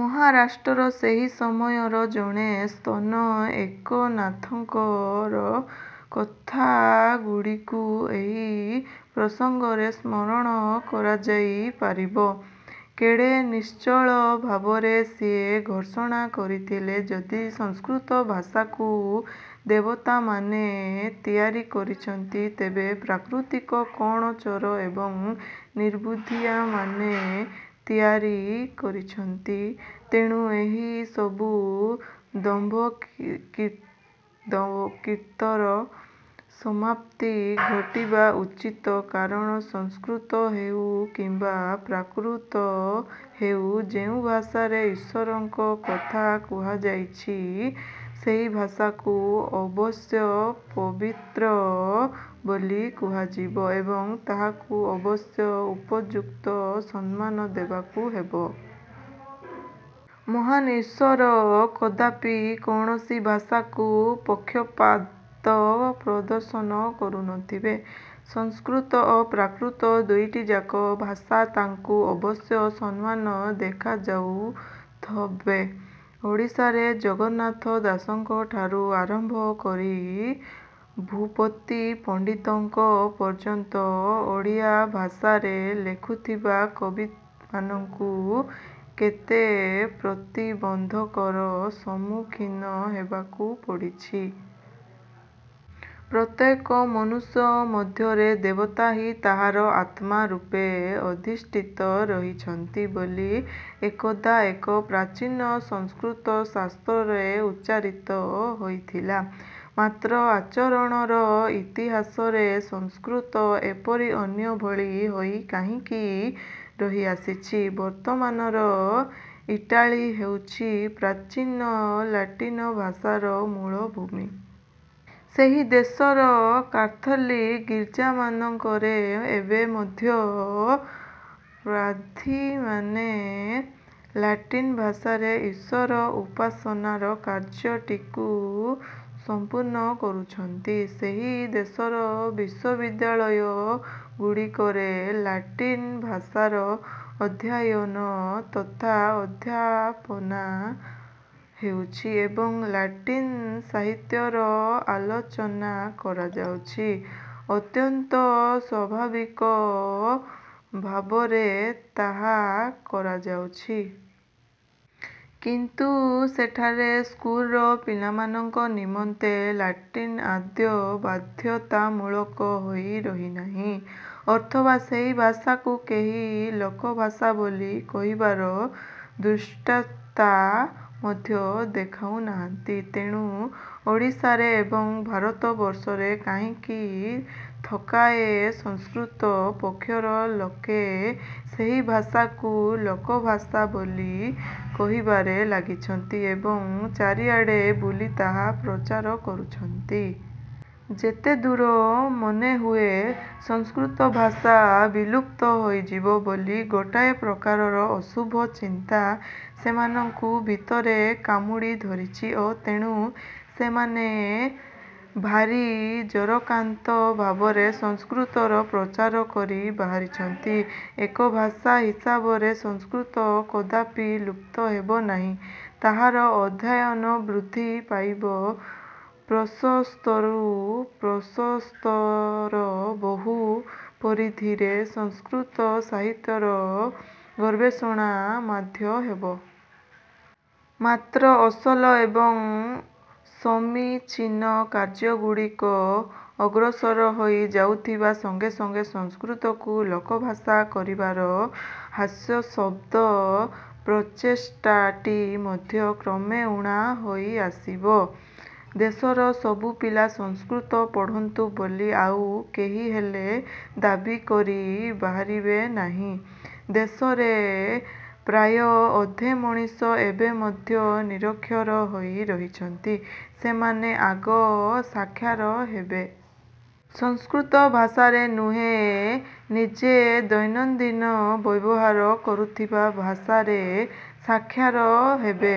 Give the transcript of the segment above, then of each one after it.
ମହାରାଷ୍ଟ୍ରର ସେହି ସମୟର ଜଣେ ସନ୍ଥ ଏକନାଥଙ୍କର କଥାଗୁଡ଼ିକୁ ଏହି ପ୍ରସଙ୍ଗରେ ସ୍ମରଣ କରାଯାଇପାରିବ। କେଡ଼େ ନିଶ୍ଚଳ ଭାବରେ ସିଏ ଘୋଷଣା କରିଥିଲେ ଯଦି ସଂସ୍କୃତଭାଷାକୁ ଦେବତାମାନେ ତିଆରି କରିଛନ୍ତି, ତେବେ ପ୍ରାକୃତକୁ କଣ ଚୋର ଏବଂ ନିର୍ବୁଦ୍ଧିଆମାନେ ତିଆରି କରିଛନ୍ତି? ତେଣୁ ଏହିସବୁ ଦମ୍ଭୋକ୍ତିର ସମାପ୍ତି ଘଟିବା ଉଚିତ୍ କାରଣ ସଂସ୍କୃତ ହେଉ କିମ୍ବା ପ୍ରାକୃତ ହେଉ, ଯେଉଁ ଭାଷାରେ ଈଶ୍ଵରଙ୍କ କଥା କୁହାଯାଇଛି, ସେହି ଭାଷାକୁ ଅବଶ୍ୟ ପବିତ୍ର ବୋଲି କୁହାଯିବ ଏବଂ ତାହାକୁ ଅବଶ୍ୟ ଉପଯୁକ୍ତ ସମ୍ମାନ ଦେବାକୁ ହେବ। ମହାନ୍ ଈଶ୍ୱର କଦାପି କୌଣସି ଭାଷାକୁ ପକ୍ଷପାତ ପ୍ରଦର୍ଶନ କରୁନଥିବେ। ସଂସ୍କୃତ ଓ ପ୍ରାକୃତ ଦୁଇଟିଯାକ ଭାଷା ତାଙ୍କୁ ଅବଶ୍ୟ ସମାନ ଦେଖାଯାଉଥବେ। ଓଡ଼ିଶାରେ ଜଗନ୍ନାଥ ଦାସଙ୍କଠାରୁ ଆରମ୍ଭ କରି ଭୂପତି ପଣ୍ଡିତଙ୍କ ପର୍ଯ୍ୟନ୍ତ ଓଡ଼ିଆ ଭାଷାରେ ଲେଖୁଥିବା କବିମାନଙ୍କୁ କେତେ ପ୍ରତିବନ୍ଧକର ସମ୍ମୁଖୀନ ହେବାକୁ ପଡ଼ିଛି। ପ୍ରତ୍ୟେକ ମନୁଷ୍ୟ ମଧ୍ୟରେ ଦେବତା ହିଁ ତାହାର ଆତ୍ମା ରୂପେ ଅଧିଷ୍ଠିତ ରହିଛନ୍ତି ବୋଲି ଏକଦା ଏକ ପ୍ରାଚୀନ ସଂସ୍କୃତଶାସ୍ତ୍ରରେ ଉଚ୍ଚାରିତ ହୋଇଥିଲା। ମାତ୍ର ଆଚରଣର ଇତିହାସରେ ସଂସ୍କୃତ ଏପରି ଅନ୍ୟ ଭଳି ହୋଇ କାହିଁକି ରହିଆସିଛି? ବର୍ତ୍ତମାନର ଇଟାଲୀ ହେଉଛି ପ୍ରାଚୀନ ଲାଟିନ୍ ଭାଷାର ମୂଳ ଭୂମି। ସେହି ଦେଶର କାଥୋଲିକ୍ ଗୀର୍ଜାମାନଙ୍କରେ ଏବେ ମଧ୍ୟ ପାଦ୍ରୀମାନେ ଲାଟିନ୍ ଭାଷାରେ ଈଶ୍ଵର ଉପାସନାର କାର୍ଯ୍ୟଟିକୁ ସମ୍ପନ୍ନ କରୁଛନ୍ତି। ସେହି ଦେଶର ବିଶ୍ୱବିଦ୍ୟାଳୟ ଗୁଡ଼ିକରେ ଲାଟିନ୍ ଭାଷାର ଅଧ୍ୟୟନ ତଥା ଅଧ୍ୟାପନା ହେଉଛି ଏବଂ ଲାଟିନ୍ ସାହିତ୍ୟର ଆଲୋଚନା କରାଯାଉଛି। ଅତ୍ୟନ୍ତ ସ୍ୱାଭାବିକ ଭାବରେ ତାହା କରାଯାଉଛି। କିନ୍ତୁ ସେଠାରେ ସ୍କୁଲର ପିଲାମାନଙ୍କ ନିମନ୍ତେ ଲାଟିନ୍ ଆଦୌ ବାଧ୍ୟତାମୂଳକ ହୋଇ ରହିନାହିଁ, ଅଥବା ସେହି ଭାଷାକୁ କେହି ଲୋକଭାଷା ବୋଲି। କହିବାର ଧୃଷ୍ଟତା ମଧ୍ୟ ଦେଖାଉନାହାନ୍ତି। ତେଣୁ ଓଡ଼ିଶାରେ ଏବଂ ଭାରତବର୍ଷରେ କାହିଁକି ଥୋକାଏ ସଂସ୍କୃତ ପକ୍ଷର ଲୋକେ ସେହି ଭାଷାକୁ ଲୋକଭାଷା ବୋଲି କହିବାରେ ଲାଗିଛନ୍ତି ଏବଂ ଚାରିଆଡ଼େ ବୁଲି ତାହା ପ୍ରଚାର କରୁଛନ୍ତି? ଯେତେଦୂର ମନେହୁଏ, ସଂସ୍କୃତଭାଷା ବିଲୁପ୍ତ ହୋଇଯିବ ବୋଲି ଗୋଟିଏ ପ୍ରକାରର ଅଶୁଭ ଚିନ୍ତା ସେମାନଙ୍କୁ ଭିତରେ କାମୁଡ଼ି ଧରିଛି ଓ ତେଣୁ ସେମାନେ ଭାରି ଜ୍ୱରାକ୍ରାନ୍ତ ଭାବରେ ସଂସ୍କୃତର ପ୍ରଚାର କରି ବାହାରିଛନ୍ତି। ଏକ ଭାଷା ହିସାବରେ ସଂସ୍କୃତ କଦାପି ଲୁପ୍ତ ହେବ ନାହିଁ। ତାହାର ଅଧ୍ୟୟନ ବୃଦ୍ଧି ପାଇବ, ପ୍ରଶସ୍ତରୁ ପ୍ରଶସ୍ତତର ବହୁ ପରିଧିରେ ସଂସ୍କୃତ ସାହିତ୍ୟର ଗବେଷଣା ମଧ୍ୟ ହେବ। ମାତ୍ର ଅସଲ ଏବଂ ସମୀଚୀନ କାର୍ଯ୍ୟଗୁଡ଼ିକ ଅଗ୍ରସର ହୋଇ ଯାଉଥିବା ସଙ୍ଗେ ସଙ୍ଗେ ସଂସ୍କୃତକୁ ଲୋକଭାଷା କରିବାର ହାସ୍ୟାସ୍ପଦ ପ୍ରଚେଷ୍ଟାଟି ମଧ୍ୟ କ୍ରମେ ଊଣା ହୋଇଆସିବ। ଦେଶର ସବୁ ପିଲା ସଂସ୍କୃତ ପଢ଼ନ୍ତୁ ବୋଲି ଆଉ କେହିହେଲେ ଦାବି କରି ବାହାରିବେ ନାହିଁ। ଦେଶରେ ପ୍ରାୟ ଅଧେ ମଣିଷ ଏବେ ମଧ୍ୟ ନିରକ୍ଷର ହୋଇ ରହିଛନ୍ତି ସେମାନେ ଆଗ ସାକ୍ଷର ହେବେ। ସଂସ୍କୃତ ଭାଷାରେ ନୁହେଁ, ନିଜେ ଦୈନନ୍ଦିନ ବ୍ୟବହାର କରୁଥିବା ଭାଷାରେ ସାକ୍ଷର ହେବେ।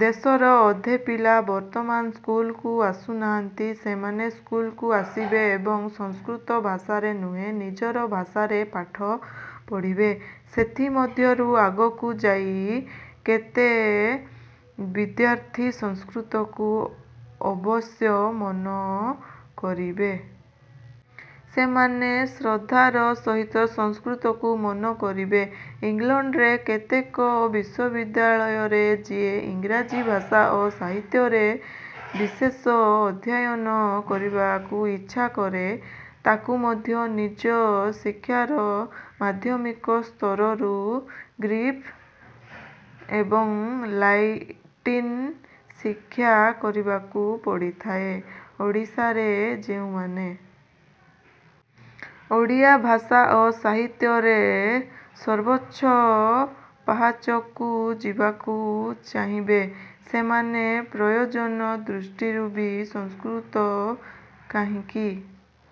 ଦେଶର ଅଧେ ପିଲା ବର୍ତ୍ତମାନ ସ୍କୁଲକୁ ଆସୁନାହାନ୍ତି। ସେମାନେ ସ୍କୁଲକୁ ଆସିବେ ଏବଂ ସଂସ୍କୃତ ଭାଷାରେ ନୁହେଁ, ନିଜର ଭାଷାରେ ପାଠ ପଢ଼ିବେ। ସେଥିମଧ୍ୟରୁ ଆଗକୁ ଯାଇ କେତେ ବିଦ୍ୟାର୍ଥୀ ସଂସ୍କୃତକୁ ଅବଶ୍ୟ ମନ କରିବେ। ସେମାନେ ଶ୍ରଦ୍ଧାର ସହିତ ସଂସ୍କୃତକୁ ମନ କରିବେ। ଇଂଲଣ୍ଡର କେତେକ ବିଶ୍ୱବିଦ୍ୟାଳୟରେ ଯିଏ ଇଂରାଜୀ ଭାଷା ଓ ସାହିତ୍ୟରେ ବିଶେଷ ଅଧ୍ୟୟନ କରିବାକୁ ଇଚ୍ଛା କରେ, ତାକୁ ମଧ୍ୟ ନିଜ ଶିକ୍ଷାର ମାଧ୍ୟମିକ ସ୍ତରରୁ ଗ୍ରୀକ୍ ଏବଂ ଲାଟିନ୍ ଶିକ୍ଷା କରିବାକୁ ପଡ଼ିଥାଏ। ଓଡ଼ିଶାରେ ଯେଉଁମାନେ ଓଡ଼ିଆ ଭାଷା ଓ ସାହିତ୍ୟରେ ସର୍ବୋଚ୍ଚ ପାହାଚକୁ ଯିବାକୁ ଚାହିବେ, ସେମାନେ ପ୍ରୟୋଜନ ଦୃଷ୍ଟିରୁ ବି ସଂସ୍କୃତ କାହିଁକି